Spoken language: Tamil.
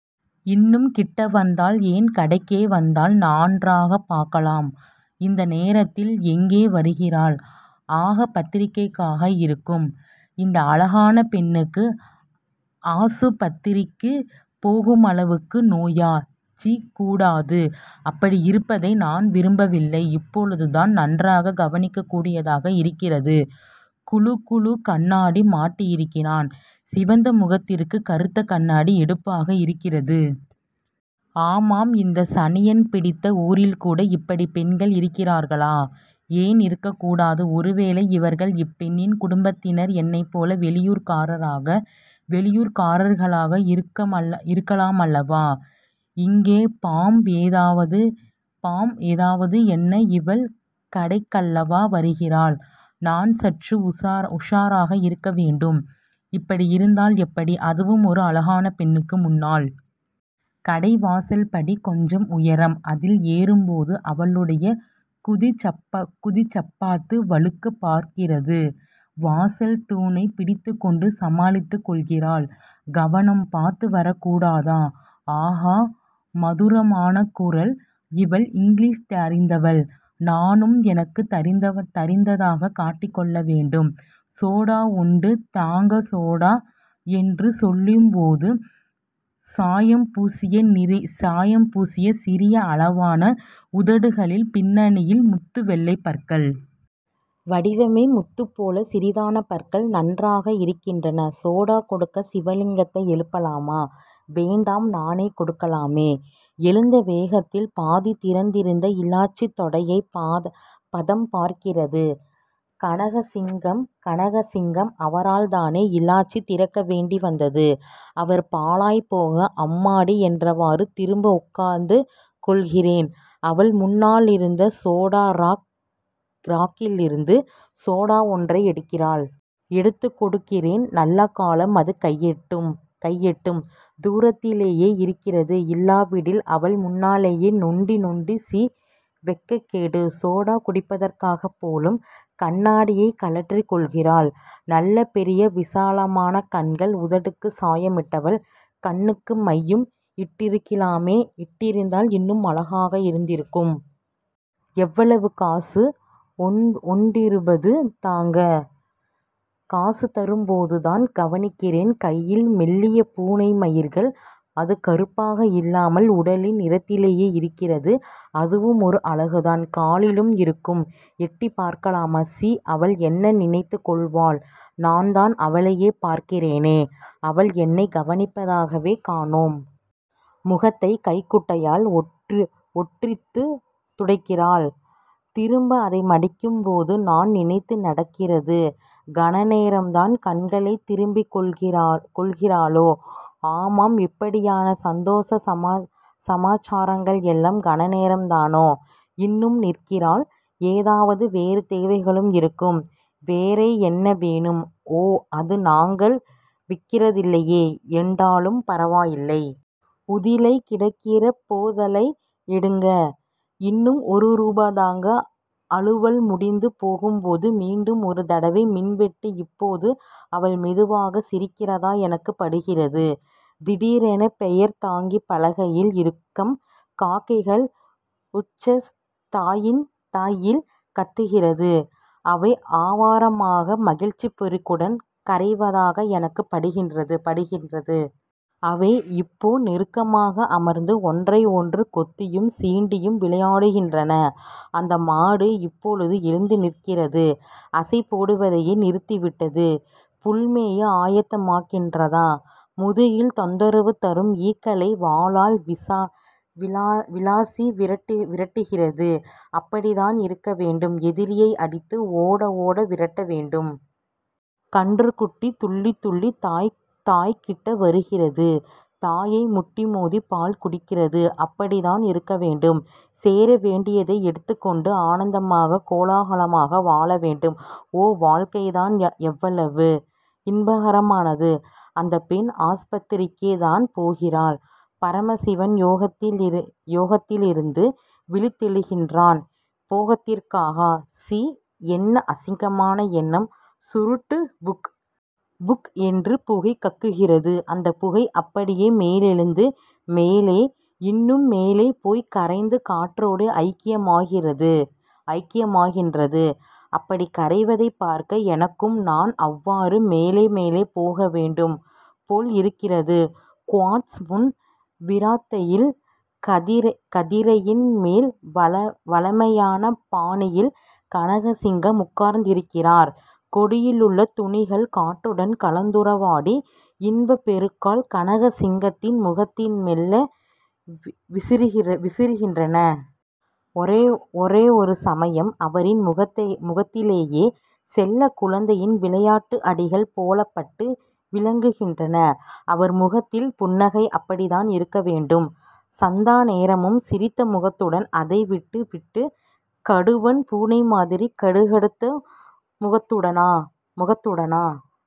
இன்னும் கிட்டவந்தால் ஏன் கடைக்கே வந்தால்? நான்றாகப் பார்க்கலாம். இந்த நேரத்தில் எங்கே வருகிறாள்? ஆகப்பத்திரிக்காக இருக்கும். இந்த அழகான பெண்ணுக்கு ஆசுப்பத்திரி க்குப் போகுமளவுக்கு நோயா? சீ கூடாது. அப்படியிருப்பதை நான் விரும்பவில்லை. இப்பொழுதுதான் நன்றாகக் கவனிக்கக்கூடியதாக இருக்கிறது. குழுகுழு கண்ணாடி மாட்டியிருக்கிறாள். சிவந்த முகத்திற்கு கறுத்தக் கண்ணாடி எடுப்பாக இருக்கிறது. ஆமாம் இந்தச் சனியன் பிடித்த ஊரில்கூட இப்படிப் பெண்கள் இருக்கிறார்களா? ஏன் இருக்கக் கூடாது? ஒருவேளை இவர்கள் இப்பெண்ணின் குடும்பத்தினர் என்னைப்போல வெளியூர்க்காரர்களாக இருக்கலாமல்லவா? இங்கே பாம் எதாவது என்ன இவள் கடைக்கல்லவா வருகிறாள்? நான் சற்று உஷாராக இருக்கவேண்டும். இப்படி இருந்தால் எப்படி? அதுவும் ஒரு அழகான பெண்ணுக்கு முன்னால். கடைவாசல்படி கொஞ்சம் உயரம். அதில் ஏறும்போது அவளுடைய குதிச்சப்பாத்து வழுக்கப் பார்க்கிறது. வாசல் தூணைப் பிடித்துக்கொண்டு சமாளித்துக் கொள்கிறாள் கவனம் பாத்துவரக்கூடாதா ஆகா மதுரமான குரல் இவள் இங்கிலீசு தரிந்தவள். நானும் எனக்குத் தரிந்ததாகக் காட்டிக்கொள்ளவேண்டும். சோடா ஒண்டு தாங்க சோடா என்று சொல்லும்போது சாயம்பூசிய சிறிய அளவான உதடுகளின் பின்னணியில் முத்து வெள்ளைப் பற்கள்... வடிவமே முத்துப்போலச் சிறிதான பற்கள். நன்றாக இருக்கின்றன. சோடா கொடுக்க சிவலிங்கத்தை எழுப்பலாமா? வேண்டாம் நானே கொடுக்கலாமே! எழுந்த வேகத்தில் பாதி திறந்திருந்த இலாச்சி தொடையைப் பதம்பார்க்கிறது. கனகசிங்கம்... அவரால்தானே இலாச்சி திறக்கவேண்டி வந்தது அவர் பாழாய்ப்போக...அம்மாடி என்றவாறு திரும்ப உட்கார்ந்து கொள்கிறேன். அவள் முன்னாலிருந்த சோடா ராக் கிலிருந்து சோடா ஒன்றை எடுக்கிறாள். எடுத்துக் கொடுக்கிறேன். நல்லகாலம் அது கையெட்டும் தூரத்திலேயே இருக்கிறது. இல்லாவிடில் அவள் முன்னாலேயே நொண்டி நொண்டி சீ வெட்கக்கேடு. சோடா குடிப்பதற்காகப் போலும், கண்ணாடியைக் கழற்றிக் கொள்கிறாள். நல்ல பெரிய விசாலமான கண்கள். உதட்டுக்குச் சாயமிட்டவள் கண்ணுக்கு மையும் இட்டிருக்கலாமே இட்டிருந்தால் இன்னும் அழகாக இருந்திருக்கும். எவ்வளவு காசு.ஒண்டிருபது தாங்க... காசு தரும்போது தான் கவனிக்கிறேன். கையில் மெல்லிய பூனை மயிர்கள். அது கறுப்பாக இல்லாமல் உடலின் நிறத்திலேயே இருக்கிறது. அதுவும் ஒரு அழகுதான்.... காலிலும் இருக்கும், எட்டிப்பார்க்கலாமா? சீ அவள் என்ன நினைத்துக் கொள்வாள்...? நான்தான் அவளையே பார்க்கிறேனே அவள் என்னைக் கவனிப்பதாகவே காணோம்... முகத்தைக் கைக்குட்டையால் ஒற்றித்துடைக்கிறாள். திரும்ப அதை மடிக்கும்போது... நான் நினைத்து நடக்கிறது. கணநேரம் தான். கண்களைத் திரும்பிக்கொள்கிறாளே ஆமாம், இப்படியான சந்தோச சமாச்சாரங்கள் எல்லாம் கணநேரம் தானோ? இன்னும் நிற்கிறாள். ஏதாவது வேறு தேவைகளும் இருக்கும்...வேறை என்ன வேணும்? ஓ அது நாங்கள் விக்கிறதில்லையே எண்டாலும் பரவாயில்லை.. உதிலை கிடக்கிற போத்தலை எடுங்க. இன்னும் ஒரு ரூபா தாங்க அலுவல் முடிந்து போகும்போது மீண்டும் ஒரு தடவை மின்வெட்டு இப்போது அவள் மெதுவாக சிரிக்கிறதா எனக்குப்படுகிறது. திடீரென பெயர்தாங்கிப் பலகையில் இருக்கம் காக்கைகள் உச்சஸ் தாயியில் கத்துகின்றன. அவை ஆரவாரமாக.... மகிழ்ச்சிப்பெருக்குடன் கரைவதாக எனக்குப் படுகின்றது. அவை இப்போ நெருக்கமாக அமர்ந்து ஒன்றைஒன்று கொத்தியும் சீண்டியும் விளையாடுகின்றன. அந்த மாடு இப்போது எழுந்து நிற்கிறது. அசைபோடுவதை நிறுத்திவிட்டது. புல்மேய ஆயத்தமாகின்றதா?... முதுகில் தொந்தரவு தரும் ஈக்களை வாலால் விளாசி விரட்டுகின்றது. அப்படித் தான் இருக்கவேண்டும் எதிரியை அடித்து ஓட.... ஓட விரட்ட வேண்டும். கன்றுக்குட்டி துள்ளித் துள்ளி தாய்க்குக்கிட்ட வருகிறது. தாயைமுட்டி மோதிப் பால் குடிக்கிறது. அப்படித்தான் இருக்கவேண்டும். சேரவேண்டியதை எடுத்துக்கொண்டு ஆனந்தமாக... கோலாகலமாக வாழவேண்டும். ஓ! வாழ்க்கைதான் எவ்வளவு இன்பகரமானது.. அந்தப்பெண் ஆசுப்பத்திரிக்கேதான் போகிறாள். பரமசிவம் யோகத்திலிருந்து விழித்தெழுகின்றார். போகத்திற்கா? சி. என்ன அசிங்கமான எண்ணம்... சுருட்டு புக்.. புக்... என்று புகை கக்குகிறது. அந்தப்புகை அப்படியே மேலெழுந்து. மேலே... இன்னும் மேலே போய்க்கரைந்து காற்றோடு ஐக்கியமாகின்றது. அப்படிக் கரைவதைப்பார்க்க, எனக்கும் நான் அவ்வாறு மேலே மேலே போக வேண்டும் போல் இருக்கிறது. குவாட்டஸ் முன்விறாந்தையில் கதிரையின் மேல் வழமையான பாணியில் கனகசிங்கம் உட்கார்ந்திருக்கிறார். கொடியிலுள்ள துணிகள் காற்றுடன் கலந்துறவாடி இன்பப் பெருக்கால் கனகசிங்கத்தின் முகத்தில் மெல்ல விசிறுகின்றன. ஓரொரு சமயம் அவரின் முகத்திலேயே செல்லக்குழந்தையின் விளையாட்டு அடிகள் போலப்பட்டு விலகுகின்றன. அவர் முகத்தில் புன்னகை. அப்படித்தான் இருக்கவேண்டும்.... சதாநேரமும் சிரித்த முகத்துடன் அதைவிட்டு விட்டு கடுவன் பூனைமாதிரி கடுகடுத்த முகத்துடனா?